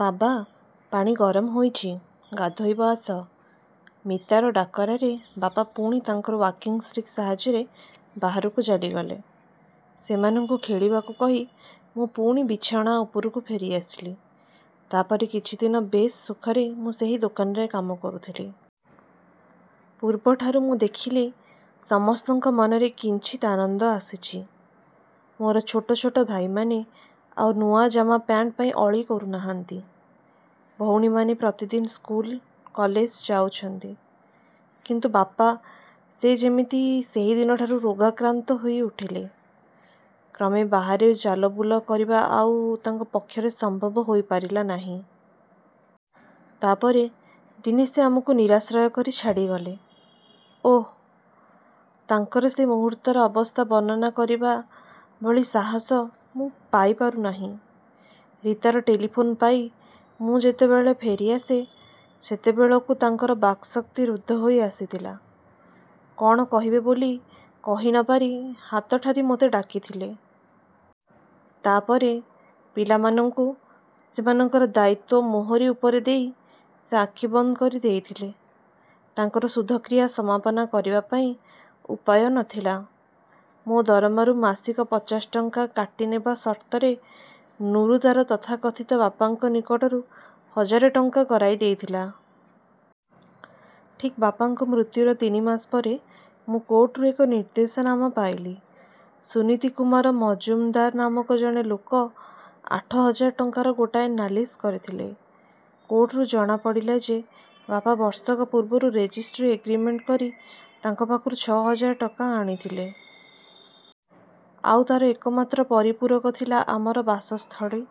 ବାବା, ପାଣି ଗରମ ହୋଇଛି, ଗାଧୋଇବ ଆସ। ମୀତାର ଡାକରାରେ ବାପା ପୁଣି ତାଙ୍କର ୱାକିଂ ଷ୍ଟିକ୍ ସାହାଯ୍ୟରେ ବାହାରକୁ ଚାଲିଗଲେ। ସେମାନଙ୍କୁ ଖେଳିବାକୁ କହି ମୁଁ ପୁଣି ବିଛଣା ଉପରକୁ ଫେରିଆସିଲି। ତା ପରେ କିଛିଦିନ ବେଶ୍ ସୁଖରେ ମୁଁ ସେହି ଦୋକାନରେ କାମ କରୁଥିଲି। ପୂର୍ବଠାରୁ ମୁଁ ଦେଖିଲି ସମସ୍ତଙ୍କ ମନରେ କିଞ୍ଚିତ୍ ଆନନ୍ଦ ଆସିଛି। ମୋର ଛୋଟ ଛୋଟ ଭାଇମାନେ ଆଉ ନୂଆ ଜାମା ପ୍ୟାଣ୍ଟ ପାଇଁ ଅଳି କରୁନାହାନ୍ତି। ଭଉଣୀମାନେ ପ୍ରତିଦିନ ସ୍କୁଲ, କଲେଜ ଯାଉଛନ୍ତି। କିନ୍ତୁ ବାପା, ସେ ଯେମିତି ସେହି ଦିନଠାରୁ ରୋଗାକ୍ରାନ୍ତ ହୋଇଉଠିଲେ। କ୍ରମେ ବାହାରେ ଚାଲବୁଲ କରିବା ଆଉ ତାଙ୍କ ପକ୍ଷରେ ସମ୍ଭବ ହୋଇପାରିଲା ନାହିଁ। ତା ପରେ ଦିନେ ସେ ଆମକୁ ନିରାଶ୍ରୟ କରି ଛାଡ଼ିଗଲେ। ଓଃ, ତାଙ୍କର ସେ ମୁହୂର୍ତ୍ତର ଅବସ୍ଥା ବର୍ଣ୍ଣନା କରିବା ଭଳି ସାହସ ମୁଁ ପାଇପାରୁନାହିଁ। ରୀତାର ଟେଲିଫୋନ୍ ପାଇ ମୁଁ ଯେତେବେଳେ ଫେରିଆସେ, ସେତେବେଳକୁ ତାଙ୍କର ବାକ୍‌ଶକ୍ତି ରୁଦ୍ଧ ହୋଇ ଆସିଥିଲା। କଣ କହିବେ ବୋଲି କହି ନ ପାରି ହାତ ଠାରି ମୋତେ ଡାକିଥିଲେ। ତା ପରେ ପିଲାମାନଙ୍କୁ। ସେମାନଙ୍କର ଦାୟିତ୍ୱ ମୋହରି ଉପରେ ଦେଇ ସେ ଆଖି ବନ୍ଦ କରିଦେଇଥିଲେ। ତାଙ୍କର ଶୁଦ୍ଧକ୍ରିୟା ସମାପନ କରିବା ପାଇଁ ଉପାୟ ନଥିଲା। ମୋ ଦରମାରୁ ମାସିକ ପଚାଶ ଟଙ୍କା କାଟିନେବା ସର୍ତ୍ତରେ ନୁରୁ ତାର ତଥାକଥିତ ବାପାଙ୍କ ନିକଟରୁ ହଜାରେ ଟଙ୍କା କରାଇ ଦେଇଥିଲା। ଠିକ୍ ବାପାଙ୍କ ମୃତ୍ୟୁର ତିନି ମାସ ପରେ ମୁଁ କୋର୍ଟରୁ ଏକ ନିର୍ଦ୍ଦେଶନାମା ପାଇଲି। ସୁନୀତି କୁମାର ମଜୁମଦାର ନାମକ ଜଣେ ଲୋକ ଆଠ ହଜାର ଟଙ୍କାର ଗୋଟାଏ ନାଲିସ୍ କରିଥିଲେ। କୋର୍ଟରୁ ଜଣାପଡ଼ିଲା ଯେ, ବାପା ବର୍ଷକ ପୂର୍ବରୁ ରେଜିଷ୍ଟ୍ରି ଏଗ୍ରିମେଣ୍ଟ କରି ତାଙ୍କ ପାଖରୁ ଛ' ହଜାର ଟଙ୍କା ଆଣିଥିଲେ। ଆଉ ତାର ଏକମାତ୍ର ପରିପୂରକ ଥିଲା ଆମର ବାସସ୍ଥଳୀ,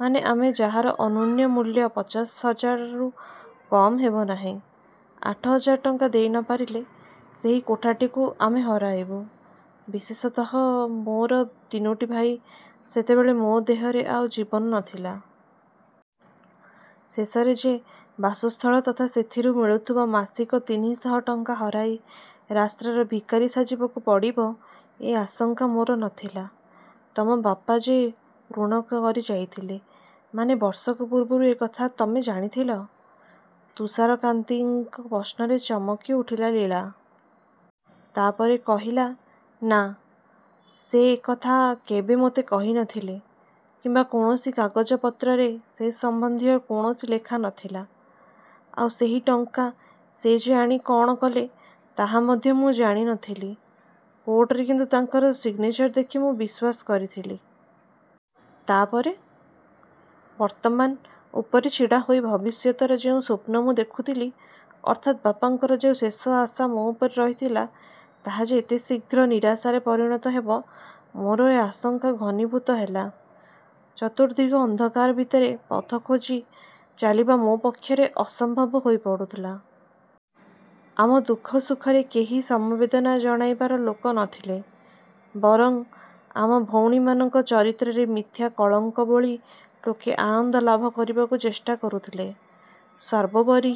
ମାନେ, ଯାହାର ଅନ୍ୟୂନ ମୂଲ୍ୟ ପଚାଶ ହଜାରରୁ କମ୍ ହେବ ନାହିଁ। ଆଠ ହଜାର ଟଙ୍କା ଦେଇ ନ ପାରିଲେ, ସେହି କୋଠାଟିକୁ ଆମେ ହରାଇବୁ। ବିଶେଷତଃ ମୋର ତିନୋଟି ଭାଇ, ସେତେବେଳେ ମୋ ଦେହରେ ଆଉ ଜୀବନ ନଥିଲା। ଶେଷରେ ଯେ ବାସସ୍ଥଳ ତଥା ସେଥିରୁ ମିଳୁଥିବା ମାସିକ ତିନି ଶହ ଟଙ୍କା ହରାଇ ରାସ୍ତାର ଭିକାରୀ ସାଜିବାକୁ ପଡ଼ିବ, ଏ ଆଶଙ୍କା ମୋର ନଥିଲା। ତମ ବାପା ଯେ ଋଣ କରି ଯାଇଥିଲେ, ମାନେ ବର୍ଷକ ପୂର୍ବରୁ ଏ କଥା ତମେ ଜାଣିଥିଲ? ତୁଷାରକାନ୍ତିଙ୍କ ପ୍ରଶ୍ନରେ ଚମକିଉଠିଲା ଲୀଳା। ତା ପରେ କହିଲା, ନା, ସେ ଏ କଥା କେବେ ମୋତେ କହିନଥିଲେ କିମ୍ବା କୌଣସି କାଗଜପତ୍ରରେ ସେ ସମ୍ବନ୍ଧୀୟ କୌଣସି ଲେଖା ନଥିଲା। ଆଉ ସେହି ଟଙ୍କା ସେ ଯେ ଆଣି କଣ କଲେ, ତାହା ମଧ୍ୟ ମୁଁ ଜାଣିନଥିଲି। କୋର୍ଟରେ କିନ୍ତୁ ତାଙ୍କର ସିଗ୍ନେଚର ଦେଖି ମୁଁ ବିଶ୍ୱାସ କରିଥିଲି। ତା ପରେ? ବର୍ତ୍ତମାନ ଉପରେ ଛିଡ଼ା ହୋଇ ଭବିଷ୍ୟତର ଯେଉଁ ସ୍ୱପ୍ନ ମୁଁ ଦେଖୁଥିଲି, ଅର୍ଥାତ୍ ବାପାଙ୍କର ଯେଉଁ ଶେଷ ଆଶା ମୋ ଉପରେ ରହିଥିଲା, ତାହା ଯେ ଏତେ ଶୀଘ୍ର ନିରାଶାରେ ପରିଣତ ହେବ, ମୋର ଏ ଆଶଙ୍କା ଘନୀଭୂତ ହେଲା। ଚତୁର୍ଦ୍ଦିଗ ଅନ୍ଧକାର ଭିତରେ ପଥ ଖୋଜି ଚାଲିବା ମୋ ପକ୍ଷରେ ଅସମ୍ଭବ ହୋଇପଡ଼ୁଥିଲା। ଆମ ଦୁଃଖ ସୁଖରେ କେହି ସମବେଦନା ଜଣାଇବାର ଲୋକ ନଥିଲେ। ବରଂ ଆମ ଭଉଣୀମାନଙ୍କ ଚରିତ୍ରରେ ମିଥ୍ୟା କଳଙ୍କ ବୋଳି ଲୋକେ ଆନନ୍ଦଲାଭ କରିବାକୁ ଚେଷ୍ଟା କରୁଥିଲେ। ସର୍ବୋପରି